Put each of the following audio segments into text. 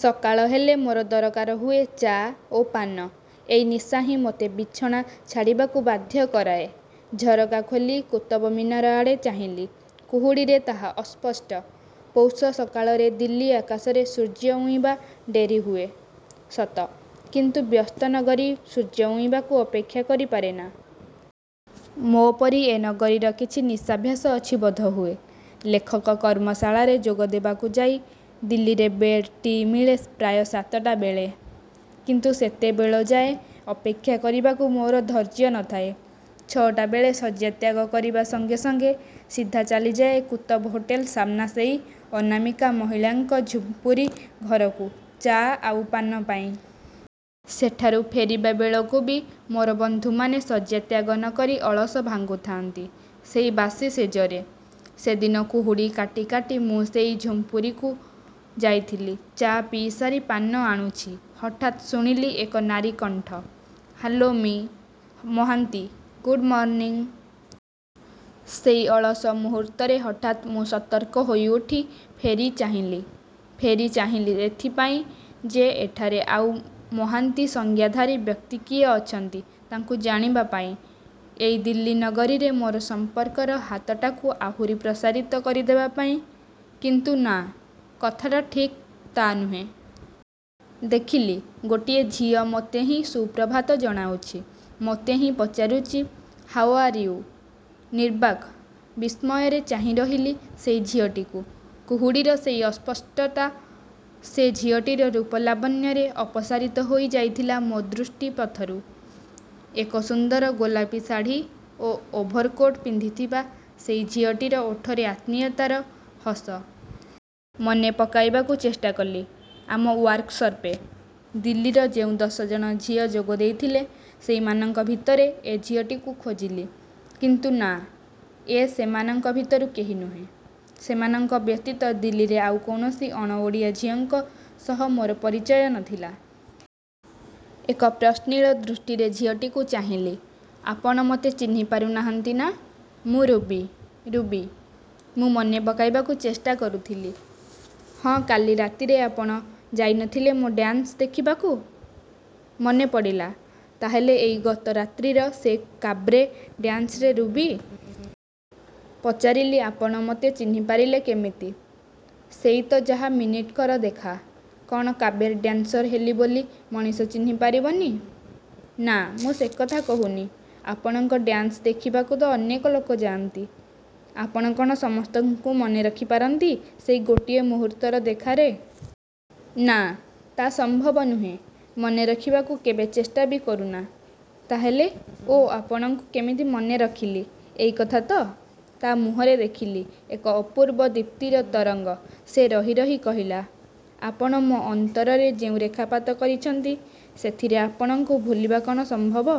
ସକାଳ ହେଲେ ମୋର ଦରକାର ହୁଏ ଚା' ଓ ପାନ। ଏଇ ନିଶା ହିଁ ମୋତେ ବିଛଣା ଛାଡ଼ିବାକୁ ବାଧ୍ୟ କରାଏ। ଝରକା ଖୋଲି କୁତବ ମିନାର ଆଡ଼େ ଚାହିଁଲି-କୁହୁଡ଼ିରେ ତାହା ଅସ୍ପଷ୍ଟ। ପୌଷ ସକାଳରେ ଦିଲ୍ଲୀ ଆକାଶରେ ସୂର୍ଯ୍ୟ ଉଇଁବା ଡେରି ହୁଏ; ସତ କିନ୍ତୁ ବ୍ୟସ୍ତ ନଗରୀ ସୂର୍ଯ୍ୟ ଉଇଁବାକୁ ଅପେକ୍ଷା କରି ପାରେନା। ମୋ' ପରି ଏ ନଗରୀର କିଛି ନିଶାଭ୍ୟାସ ଅଛି ବୋଧହୁଏ। ଲେଖକ କର୍ମଶାଳାରେ ଯୋଗ ଦେବାକୁ ଯାଇ ଦିଲ୍ଲୀରେ ବେଡ଼-ଟି ମିଳେ ପ୍ରାୟ ସାତଟା ବେଳେ। କିନ୍ତୁ ସେତେବେଳ ଯାଏ ଅପେକ୍ଷା କରିବାକୁ ମୋର ଧୈର୍ଯ୍ୟ ନ ଥାଏ। ଛଅଟା ବେଳେ ଶଯ୍ୟା ତ୍ୟାଗ କରିବା ସଙ୍ଗେ ସଙ୍ଗେ ସିଧା ଚାଲିଯାଏ କୁତବ ହୋଟେଲ ସାମ୍ନା ସେଇ ଅନାମିକା ମହିଳାଙ୍କ ଝୁମ୍ପୁରି ଘରକୁ ଚା' ଆଉ ପାନ ପାଇଁ। ସେଠାରୁ ଫେରିବା ବେଳକୁ ବି ମୋର ବନ୍ଧୁମାନେ ଶଯ୍ୟାତ୍ୟାଗ ନ କରି ଅଳସ ଭାଙ୍ଗୁଥାନ୍ତି ସେଇ ବାସି ଶେଯରେ। ସେଦିନ କୁହୁଡ଼ି କାଟି କାଟି ମୁଁ ସେଇ ଝୁମ୍ପୁରିକୁ ଯାଇଥିଲି ଚା' ପିଇସାରି ପାନ ଆଣୁଛି ହଠାତ୍ ଶୁଣିଲି ଏକ ନାରୀ କଣ୍ଠ- 'ହାଲୋ ମି: ମହାନ୍ତି-ଗୁଡ଼୍ ମର୍ଣ୍ଣିଂ। ' ସେଇ ଅଳସ ମୁହୂର୍ତ୍ତରେ ହଠାତ୍ ମୁଁ ସତର୍କ ହୋଇଉଠି ଫେରି ଚାହିଁଲି। ଫେରି ଚାହିଁଲି ଏଇଥିପାଇଁ ଯେ ଏଠାରେ ଆଉ ମହାନ୍ତି ସଂଜ୍ଞାଧାରୀ ବ୍ୟକ୍ତି କିଏ ଅଛନ୍ତି ତାଙ୍କୁ ଜାଣିବା ପାଇଁ-ଏଇ ଦିଲ୍ଲୀ ନଗରୀରେ ମୋର ସଂପର୍କର ହାତଟାକୁ ଆହୁରି ପ୍ରସାରିତ କରିଦେବା ପାଇଁ; କିନ୍ତୁ ନା, କଥାଟା ଠିକ୍ ତା' ନୁହେଁ। ଦେଖିଲି ଗୋଟିଏ ଝିଅ ମୋତେ ହିଁ ସୁପ୍ରଭାତ ଜଣାଉଛି। ମୋତେ ହିଁ ପଚାରୁଛି-ହାଓ ଆର ୟୁ। ନିର୍ବାକ ବିସ୍ମୟରେ ଚାହିଁ ରହିଲି ସେଇ ଝିଅଟିକୁ। କୁହୁଡ଼ିର ସେଇ ଅସ୍ପଷ୍ଚତା ସେ ଝିଅଟିର ରୂପ ଲାବଣ୍ୟରେ ଅପସାରିତ ହୋଇ ଯାଇଥିଲା ମୋ' ଦୃଷ୍ଟି ପଥରୁ। ଏକ ସୁନ୍ଦର ଗୋଲାପି ଶାଢ଼ୀ ଓ ଓଭରକୋଟ ପିନ୍ଧି ଥିବା ସେଇ ଝିଅଟିର ଓଠରେ ଆତ୍ମୀୟତାର ହସ। ମନେ ପକାଇବାକୁ ଚେଷ୍ଟା କଲି। ଆମ ୱାର୍କସପ୍ରେ ଦିଲ୍ଲୀର ଯେଉଁ ଦଶଜଣ ଝିଅ ଯୋଗ ଦେଇଥିଲେ ସେଇମାନଙ୍କ ଭିତରେ ଏ ଝିଅଟିକୁ ଖୋଜିଲି। କିନ୍ତୁ ନା, ଏ ସେମାନଙ୍କ ଭିତରୁ କେହି ନୁହେଁ। ସେମାନଙ୍କ ବ୍ୟତୀତ ଦିଲ୍ଲୀରେ ଆଉ କୌଣସି ଅଣ ଓଡ଼ିଆ ଝିଅଙ୍କ ସହ ମୋର ପରିଚୟ ନ ଥିଲା। ଏକ ପ୍ରଶ୍ନିଳ ଦୃଷ୍ଟିରେ ଝିଅଟିକୁ ଚାହିଁଲି। 'ଆପଣ ମୋତେ ଚିହ୍ନି ପାରୁନାହାନ୍ତି ନା? ମୁଁ ରୁବି'। ''ରୁବି " ମୁଁ ମନେ ପକେଇବାକୁ ଚେଷ୍ଟା କରୁଥିଲି। "ହଁ, କାଲି ରାତିରେ ଆପଣ ଯାଇ ନଥିଲେ ମୋ'। ଡାନ୍ସ ଦେଖିବାକୁ? " ମନେ ପଡ଼ିଲା। ତା'ହେଲେ ଏଇ ଗତ ରାତ୍ରୀର ସେ କାବ୍ରେ ଡାନ୍ସରେ ରୁବି। ପଚାରିଲି-ଆପଣ ମୋତେ ଚିହ୍ନିପାରିଲେ କେମିତି? ସେଇ ତ ଯାହା ମିନିଟିକର ଦେଖା "କ'ଣ କାବେର୍ ଡାନସ୍ର ହେଲି ବୋଲି ମଣିଷ ଚିହ୍ନି ପାରିବନି? " 'ନା, ମୁଁ ସେକଥା କହୁନି। ଆପଣଙ୍କ ଡାନସ୍ ଦେଖିବାକୁ ତ ଅନେକ ଲୋକ ଯାଆନ୍ତି। ଆପଣ କ'ଣ ସମସ୍ତଙ୍କୁ ମନେରଖିପାରନ୍ତି ସେଇ ଗୋଟିଏ ମୁହୂର୍ତ୍ତର ଦେଖାରେ? ' 'ନା, ତା' ସମ୍ଭବ ନୁହେଁ। ମନେରଖିବାକୁ କେବେ ଚେଷ୍ଟା ବି କରୁନା'। 'ତା'ହେଲେ '। 'ଓ ଆପଣଙ୍କୁ କେମିତି ମନେ ରଖିଲି, ଏଇ କଥା ତ? ' ତା' ମୁହଁରେ ଦେଖିଲି ଏକ ଅପୂର୍ବ ଦୀପ୍ତିର ତରଙ୍ଗ ସେ ରହି ରହି କହିଲା-ଆପଣ ମୋ' ଅନ୍ତରରେ ଯେଉଁ ରେଖାପାତ କରିଛନ୍ତି ସେଥିରେ ଆପଣଙ୍କୁ ଭୁଲିବା କ'ଣ ସମ୍ଭବ?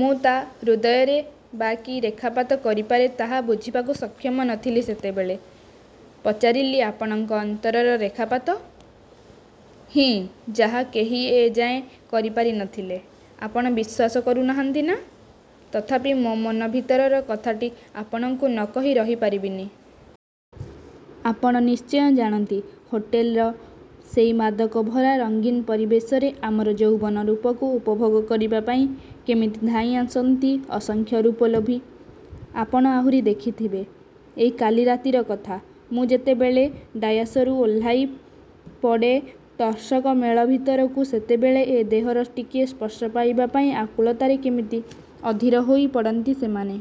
ମୁଁ ତା' ହୃଦୟରେ ବା କି ରେଖାପାତ କରିପାରେ ତାହା ବୁଝିବାକୁ ସକ୍ଷମ ନଥିଲି ସେତେବେଳେ। ପଚାରିଲି-ଆପଣଙ୍କ ଅନ୍ତରର ରେଖାପାତ? ହିଁ ଯାହା କେହି ଏ ଯାଏ କରିପାରି ନଥିଲେ ଆପଣ ବିଶ୍ଵାସ କରୁନାହାନ୍ତି ନା? ତଥାପି ମୋ' ମନ ଭିତରର କଥାଟି ଆପଣଙ୍କୁ ନ କହି ରହି ପାରିବିନି ଆପଣ ନିଶ୍ଚୟ ଜାଣନ୍ତି ହୋଟେଲ୍ର ସେଇ ମାଦକଭରା ରଙ୍ଗୀନ ପରିବେଶରେ ଆମର ଯୌବନ, ରୂପକୁ ଉପଭୋଗ କରିବା ପାଇଁ କେମିତି ଧାଇଁ ଆସନ୍ତି ଅସଂଖ୍ୟ ରୂପଲୋଭୀ ଆପଣ ଆହୁରି ଦେଖିଥିବେ ଏଇ କାଲି ରାତିର କଥା-ମୁଁ ଯେତେବେଳେ ଡାୟାସରୁ ଓହ୍ଲାଇ ପଡ଼େ ଦର୍ଶକ ମେଳ ଭିତରକୁ ସେତେବେଳେ ଏ ଦେହର ଟିକିଏ ସ୍ପର୍ଶ ପାଇବା ପାଇଁ ଆକୁଳତାରେ କେମିତି ଅଧୀର ହୋଇପଡ଼ନ୍ତି ସେମାନେ.